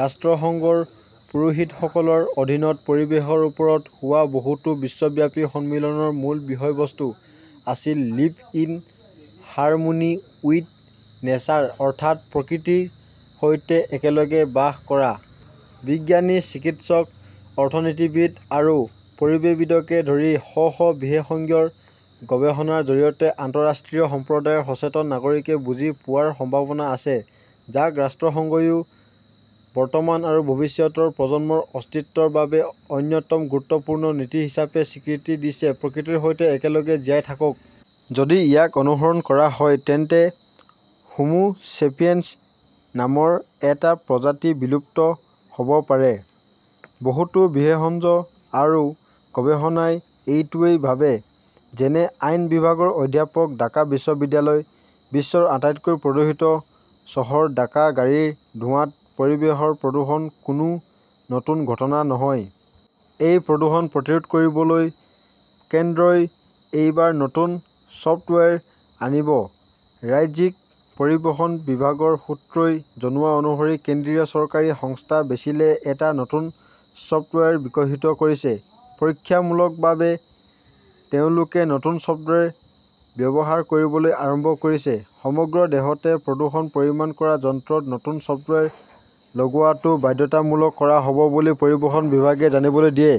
ৰাষ্ট্ৰসংঘৰ পুৰোহিতসকলৰ অধীনত পৰিৱেশৰ ওপৰত হোৱা বহুতো বিশ্বব্যাপী সন্মিলনৰ মূল বিষয়বস্তু আছিল-'লিভ ইন হাৰমোনি উইথ নেচাৰ অৰ্থাৎ প্ৰকৃতিৰ সৈতে একেলগে বাস কৰা। বিজ্ঞানী, চিকিৎসক, অৰ্থনীতিবিদ আৰু পৰিৱেশবিদকে ধৰি শ শ বিশেষঙজ্ঞৰ গৱেষণাৰ জৰিয়তে আন্তঃৰাষ্ট্ৰীয় সম্প্ৰদায়ৰ সচেতন নাগৰিকে বুজি পোৱাৰ সম্ভাৱনা আছে, যাক ৰাষ্ট্ৰসংঘইও বৰ্তমান আৰু ভৱিষ্যতৰ প্ৰজন্মৰ অস্তিত্বৰ বাবে অন্যতম গুৰুত্বপূৰ্ণ নীতি হিচাপে স্বীকৃতি দিছে-প্ৰকৃতিৰ সৈতে একেলগে জীয়াই থাকক। যদি ইয়াক অনুসৰণ কৰা হয়, তেন্তে হোমোচেপিয়েন্স নামৰ এটা প্ৰজাতি বিলুপ্ত হ'ব পাৰে। বহুতো বিশেষঙজ আৰু গৱেষকই এইটোৱেই ভাবে। যেনে- আইন বিভাগৰ অধ্যাপক, ঢাকা বিশ্ববিদ্যালয়। বিশ্বৰ আটাইতকৈ প্ৰদূষিত চহৰ ঢাকা গাড়ীৰ ধোঁৱাত পৰিৱেশৰ প্ৰদূষণ কোনো নতুন ঘটনা নহয়। সেই প্ৰদূষণ প্ৰতিৰোধ কৰিবলৈ কেন্দ্ৰই এইবাৰ নতুন চফ্টৱেৰ আনিব। ৰাজ্যিক পৰিবহণ বিভাগৰ সূত্ৰই জনোৱা অনুসৰি কেন্দ্ৰীয় চৰকাৰী সংস্থা বেচিলে এটা নতুন চফ্টৱেৰ বিকশিত কৰিছে। পৰীক্ষামূলকভাৱে তেওঁলোকে নতুন চফ্টৱেৰ ব্যৱহাৰ কৰিবলৈ আৰম্ভ কৰিছে। সমগ্ৰ দেশতে প্ৰদূষণ পৰিমান কৰা যন্ত্ৰত নতুন চফ্টৱেৰ লগোৱাটো বাধ্যতামূলক কৰা হ'ব বুলি পৰিবহণ বিভাগে জানিবলৈ দিয়ে।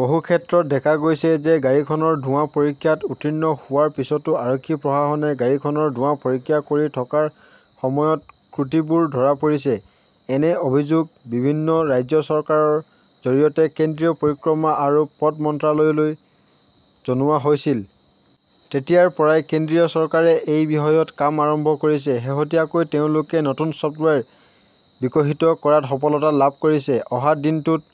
বহু ক্ষেত্ৰত দেখা গৈছে যে গাড়ীখনৰ ধোঁৱা পৰীক্ষাত উত্তীৰ্ণ হোৱাৰ পিছতো আৰক্ষী প্ৰশাসনে গাড়ীখনৰ ধোঁৱা পৰীক্ষা কৰি থকাৰ সময়ত ক্ৰুটিবোৰ ধৰা পৰিছে। এনে অভিযোগ বিভিন্ন ৰাজ্য চৰকাৰৰ জৰিয়তে কেন্দ্ৰীয় পৰিক্ৰমা আৰু পথ মন্ত্ৰালয়লৈ জনোৱা হৈছিল। তেতিয়াৰ পৰাই কেন্দ্ৰীয় চৰকাৰে এই বিষয়ত কাম আৰম্ভ কৰিছে। শেহতীয়াকৈ তেওঁলোকে নতুন চফ্টৱেৰ বিকশিত কৰাত সফলতা লাভ কৰিছে। অহা দিনটোত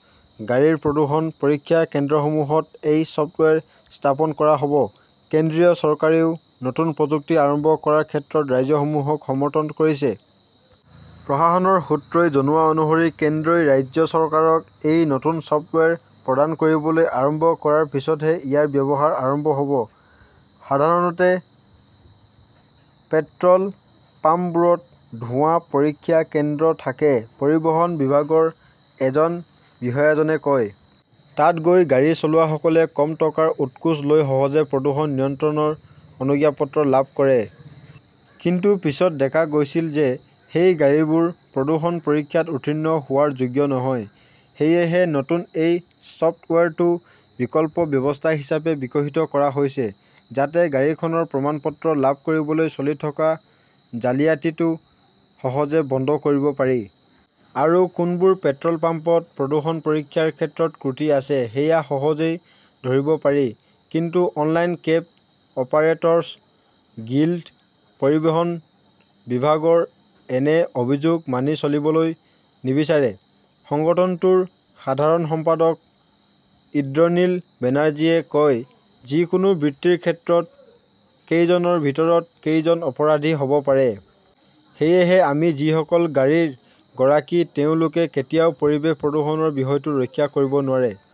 গাড়ীৰ প্ৰদূষণ পৰীক্ষা কেন্দ্ৰসমূহত এই চফ্টৱেৰ স্থাপন কৰা হ'ব। কেন্দ্ৰীয় চৰকাৰেও নতুন প্ৰযুক্তি আৰম্ভ কৰাৰ ক্ষেত্ৰত ৰাজ্যসমূহক সমৰ্থন কৰিছে। প্ৰশাসনৰ সূত্ৰই জনোৱা অনুসৰি কেন্দ্ৰই ৰাজ্য চৰকাৰক এই নতুন চফ্টৱেৰ প্ৰদান কৰিবলৈ আৰম্ভ কৰাৰ পিছতহে ইয়াৰ ব্যৱহাৰ আৰম্ভ হ'ব। সাধাৰণতে পেট্ৰ' ল পাম্পবোৰত ধোঁৱা পৰীক্ষা কেন্দ্ৰ থাকে, পৰিবহণ বিভাগৰ এজন বিষয়াজনে কয়। তাত গৈ গাড়ী চলোৱাসকলে কম টকাৰ উৎকোচ লৈ সহজে প্ৰদূষণ নিয়ন্ত্ৰণৰ অনুজ্ঞাপত্ৰ লাভ কৰে। কিন্তু পিছত দেখা গৈছিল যে সেই গাড়ীবোৰ প্ৰদূষণ পৰীক্ষাত উত্তীৰ্ণ হোৱাৰ যোগ্য নহয়। সেয়েহে নতুন এই চফ্টৱেৰটো বিকল্প ব্যৱস্থা হিচাপে বিকশিত কৰা হৈছে, যাতে গাড়ীখনৰ প্ৰমাণপত্ৰ লাভ কৰিবলৈ চলি থকা জালিয়াতিটো সহজে বন্ধ কৰিব পাৰি। আৰু কোনবোৰ পেট্ৰ'ল পাম্পত প্ৰদূষণ পৰীক্ষাৰ ক্ষেত্ৰত ক্ৰুটি আছে সেয়া সহজেই ধৰিব পাৰি। কিন্তু অনলাইন কেব অপাৰেটৰ্ছ গিল্ড পৰিবহণ বিভাগৰ এনে অভিযোগ মানি চলিবলৈ নিবিচাৰে। সংগঠনটোৰ সাধাৰণ সম্পাদক ইন্দ্ৰনীল বেনাৰ্জীয়ে কয়, যিকোনো বৃত্তিৰ ক্ষেত্ৰত কেইজনৰ ভিতৰত কেইজন অপৰাধী হ'ব পাৰে। সেয়েহে, আমি যিসকল গাড়ীৰ গৰাকী, তেওঁলোকে কেতিয়াও পৰিৱেশ প্ৰদূষণৰ বিষয়টো ৰক্ষা কৰিব নোৱাৰে।